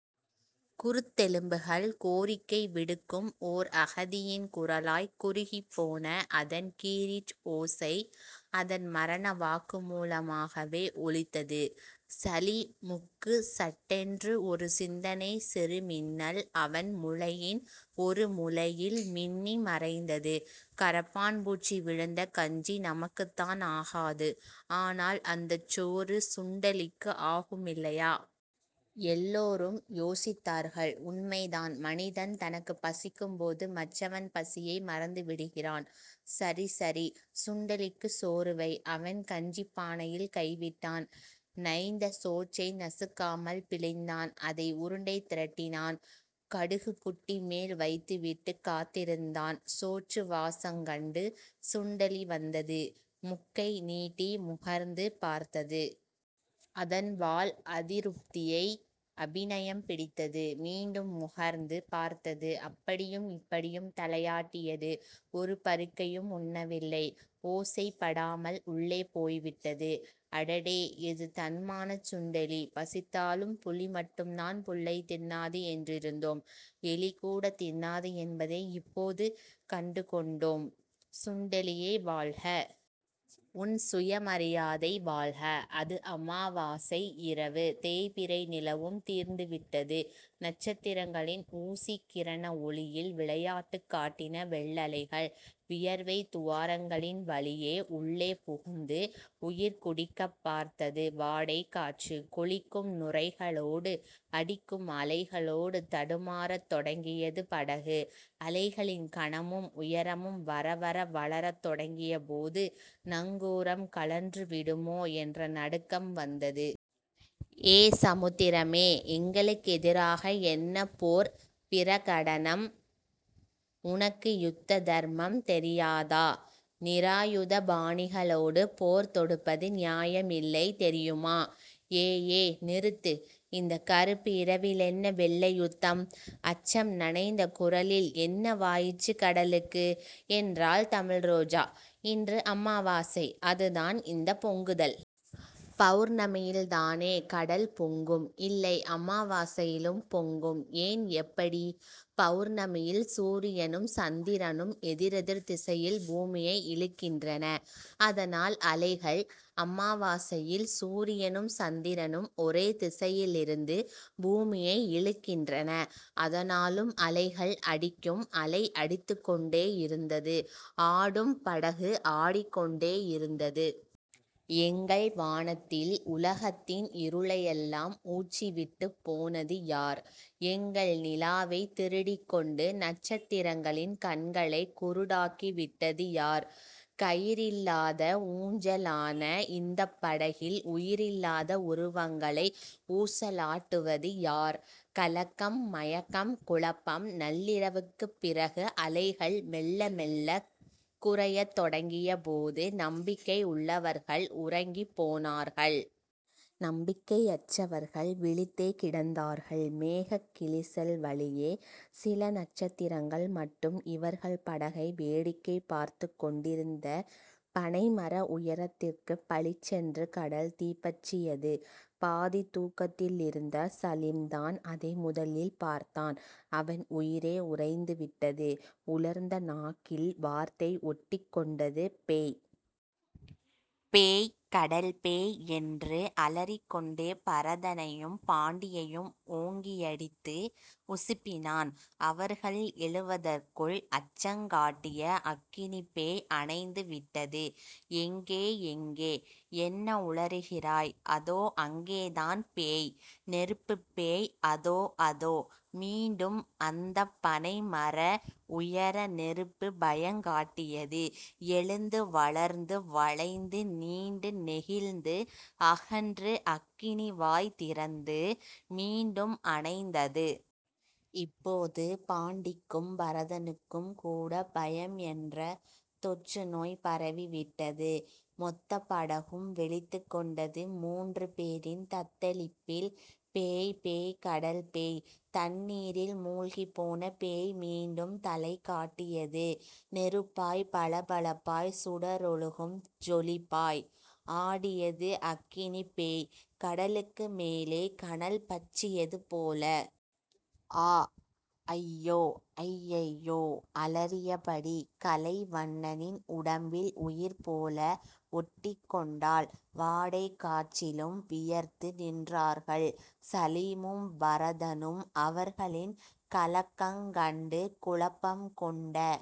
குருத்தெலும்புகள். கோரிக்கை விடுக்கும் ஓர் அகதியின் குரலாய்க் குறுகிப் போன அதன் கிரீச் ஓசை அதன் மரண வாக்குமுலமாகவே ஒலித்தது சலீமுக்கு. சட்டென்று ஒரு சிந்தனைச் சிறுமின்னல் அவன் முளையின் ஒரு முலையில் மின்னிமறைந்தது. கரப்பான்பூச்சி விழுந்த கஞ்சி நமக்குத்தான் ஆகாது. ஆனால் அந்தச் சோறு சுண்டெலிக்கு ஆகுமில்லையா? எல்லோரும் யோசித்தார்கள். உண்மைதான். மனிதன் தனக்குப் பசிக்கும்போது மற்றவன் பசியை மறந்துவிடுகிறான். சரி சரி. சுண்டெலிக்குச் சோறு வை. அவன் கஞ்சிப் பானையில் கைவிட்டான். நைந்த சோற்றை நசுங்காமல் பிழிந்தான். அதை உருண்டை திரட்டினான். கடுகுபுட்டி மேல் வைத்துவிட்டுக் காத்திருந்தான். சோற்றுவாசங்கண்டு சுண்டெலி வந்தது. முக்கை நீட்டி முகர்ந்து பார்த்தது. அதன் வால் அதிருப்தியை அபிநயம் பிடித்தது. மீண்டும் முகர்ந்து பார்த்தது. அப்படியும் இப்படியும் தலையாட்டியது. ஒரு பருக்கையும் உண்ணவில்லை. ஓசைப்படாமல் உள்ளே போய்விட்டது. அடடே. இது தன்மானச் சுண்டெலி. பசித்தாலும் புலிமட்டும்தான் புல்லைத் தின்னாது என்றிருந்தோம். எலிகூடத் தின்னாது என்பதை இப்போது கண்டுகொண்டோ ம். சுண்டெலியே வாழ்க. உன் சுயமரியாதை வாழ்க. அது அமாவாசை இரவு. தேய்பிறை நிலவும் தீர்ந்துவிட்டது. நட்சத்திரங்களின் ஊசிக்கிரண ஒளியில் விளையாட்டுக் காட்டின வெள்ளலைகள். வியர்வைத் துவாரங்களின் வழியே உள்ளே புகுந்து உயிர்குடிக்கப் பார்த்தது வாடைக்காற்று. கொழிக்கும் நுரைகளோடு அடிக்கும் அலைகளோடு தடுமாறத் தொடங்கியது படகு. அலைகளின் கனமும் உயரமும் வரவர வளரத் தொடங்கியபோது நங்கூரம் கழன்றுவிடுமோ என்ற நடுக்கம் வந்தது. ஏ சமுத்திரமே. எங்களுக்கெதிராக என்ன போர்ப் பிரகடனம்? உனக்கு யுத்த தர்மம் தெரியாதா? நிராயுதபாணிகளோடு போர் தொடுப்பது நியாயமில்லை தெரியுமா? ஏ. ஏ. நிறுத்து. இந்தக் கறுப்பு இரவிலென்ன வெள்ளை யுத்தம்? அச்சம் நனைந்த குரலில் என்னவாயிற்று கடலுக்கு? என்றாள் தமிழ்ரோஜா. இன்று அமாவாசை. அதுதான் இந்தப் பொங்குதல். பெளர்ணமியில்தானே கடல் பொங்கும்? இல்லை அமாவாசையிலும் பொங்கும் ஏன்... எப்படி? பெளர்ணமியில் சூரியனும் சந்திரனும் எதிரெதிர் திசையில் பூமியை இழுக்கின்றன அதனால் அலைகள். அமாவாசையில் சூரியனும் சந்திரனும் ஒரே திசையிலிருந்து பூமியை இழுக்கின்றன. அதனாலும் அலைகள். அடிக்கும் அலை அடித்துக் கொண்டேயிருந்தது. ஆடும் படகு ஆடிக் கொண்டேயிருந்தது. எங்கள் வானத்தில் உலகத்தின் இருளையெல்லாம் ஊற்றிவிட்டுப் போனது யார்? எங்கள் நிலாவைத் திருடிக்கொண்டு நட்சத்திரங்களின் கண்களைக் குருடாக்கிவிட்டது யார்? கயிறில்லாத ஊஞ்சலான இந்தப் படகில் உயிரில்லாத உருவங்களை ஊசலாட்டுவது யார்? கலக்கம். மயக்கம். குழப்பம். நள்ளிரவுக்குப் பிறகு அலைகள் மெள்ள மெள்ளக் குறையத் தொடங்கியபோது நம்பிக்கை உள்ளவர்கள் உறங்கிப் போனார்கள். நம்பிக்கையற்றவர்கள் விழித்தே கிடந்தார்கள். மேகக் கிழிசல் வழியே சில நட்சத்திரங்கள் மட்டும் இவர்கள் படகை வேடிக்கை பார்த்துக் கொண்டிருந்த பனைமர உயரத்திற்குப் பளிச்சென்று கடல் தீப்பற்றியது. பாதித் தூக்கத்திலிருந்த சலீம்தான் அதை முதலில் பார்த்தான். அவன் உயிரே உறைந்துவிட்டது. உலர்ந்த நாக்கில் வார்த்தை ஒட்டிக்கொண்டது. பேய். பேய். கடல்பேய். என்று அலறிக்கொண்டே பரதனையும் பாண்டியையும் ஓங்கியடித்து உசுப்பினான். அவர்கள் எழுவதற்குள் அச்சங்காட்டிய அக்கினிப்பேய் அணைந்துவிட்டது. எங்கே? எங்கே? என்ன உளறுகிறாய்? அதோ.. அங்கேதான். பேய். நெருப்புப் பேய். அதோ. அதோ. மீண்டும் அந்தப் பனைமர உயர நெருப்பு பயங்காட்டியது. எழுந்து வளர்ந்து வளைந்து நீண்டு நெகிழ்ந்து அகன்று அக்கினி வாய்திறந்து மீண்டும் அணைந்தது. இப்போது பாண்டிக்கும் பரதனுக்கும்கூடப் பயம் என்ற தொற்றுநோய் பரவிவிட்டது. மொத்தப் படகும் விழித்துக் கொண்டது முன்று பேரின் தத்தளிப்பில். பேய். பேய். கடல் பேய். தண்ணீரில் முழ்கிப்போன பேய் மீண்டும் தலைகாட்டியது. நெருப்பாய் பளபளப்பாய் சுடரொழுகும் ஜொலிப்பாய் ஆடியது அக்கினிப் பேய் கடலுக்கு மேலே கனல் பற்றியது போல. ஆ. அய்யோ. அய்யய்யோ. அலறியபடி கலைவண்ணனின் உடம்பில் உயிர்போல ஒட்டிக்கொண்டாள் வாடைக்காற்றிலும் வியர்த்து நின்றார்கள் சலீமும் பரதனும். அவர்களின் கலக்கங்கண்டு குழப்பம்கொண்ட